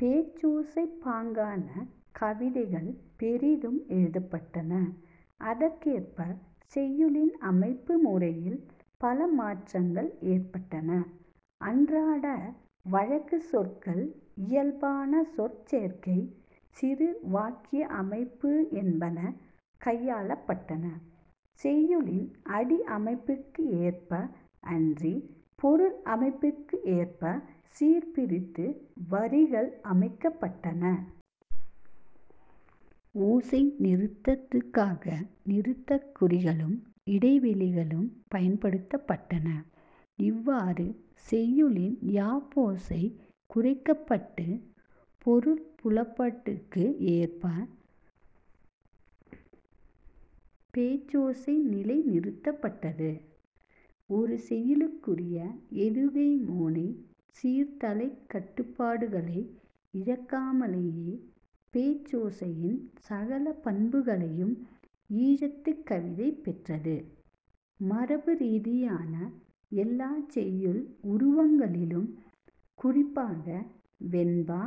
பேச்சோசைப் பாங்கான கவிதைகள் பெரிதும் எழுதப்பட்டன. அதற்கேற்ப செய்யுளின் அமைப்பு முறையில் பல மாற்றங்கள் ஏற்பட்டன. அன்றாட வழக்குச் சொற்கள் இயல்பான சொற் சேர்க்கை, சிறு வாக்கிய அமைப்பு என்பன கையாளப்பட்டன. செய்யுளின் அடி அமைப்புக்கு ஏற்ப அன்றி, பொருள் அமைப்புக்கு ஏற்ப சீர்பிரித்து வரிகள் அமைக்கப்பட்டன. ஓசை நிறுத்தத்துக்காக நிறுத்தக் குறிகளும் இடைவௌி களும் பயன்படுத்தப்பட்டன. இவ்வாறு செய்யுளின் யாப்போசை குறைக்கப்பட்டு பொருள் புலப்பாட்டுக்கு ஏற்ப பேச்சோசை நிலை நிறுத்தப்பட்டது. ஒரு செய்யுளுக்குரிய எதுகைமோனை, சீர்தளைக் கட்டுப்பாடுகளை இழக்காமலேயே பேச்சோசையின் சகல பண்புகளையும் ஈழத்துக்கவிதை பெற்றது. மரபு ரீதியான எல்லாச் செய்யுள் உருவங்களிலும் குறிப்பாக வெண்பா,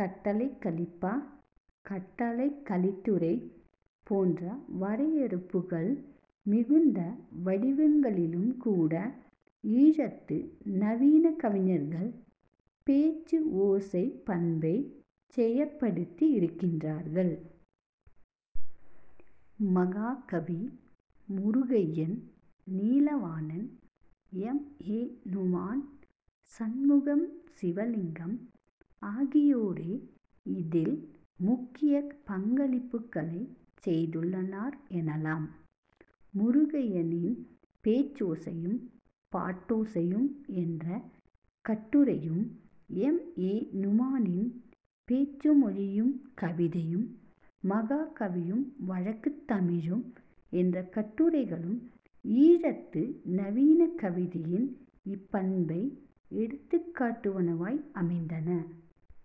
கட்டளைக்கலிப்பா, கட்டளைக் கலித்துறை போன்ற வரையறுப்புக்கள் மிகுந்த வடிவங்களிலும் கூட ஈழத்து நவீன கவிஞர்கள் பேச்சு ஓசைப் பண்பைச் செயற்படுத்தி இருக்கின்றார்கள். மஹாகவி, முருகையன், நீலாவணன், எம். ஏ. நுஃமான், சண்முகம் சிவலிங்கம் ஆகியோரே இதில் முக்கிய பங்களிப்புக்களைச் செய்துள்ளனர் எனலாம். முருகையனின் 'பேச்சோசையும் பாட்டோசையும்' என்ற கட்டுரையும் எம். ஏ. நுஃமானின் 'பேச்சுமொழியும் கவிதையும்' 'மஹாகவியும் வழக்குத் தமிழும்' என்ற கட்டுரைகளும் ஈழத்து நவீன கவிதையின் இப்பண்பை எடுத்துக் காட்டுவனவாய் அமைந்தன.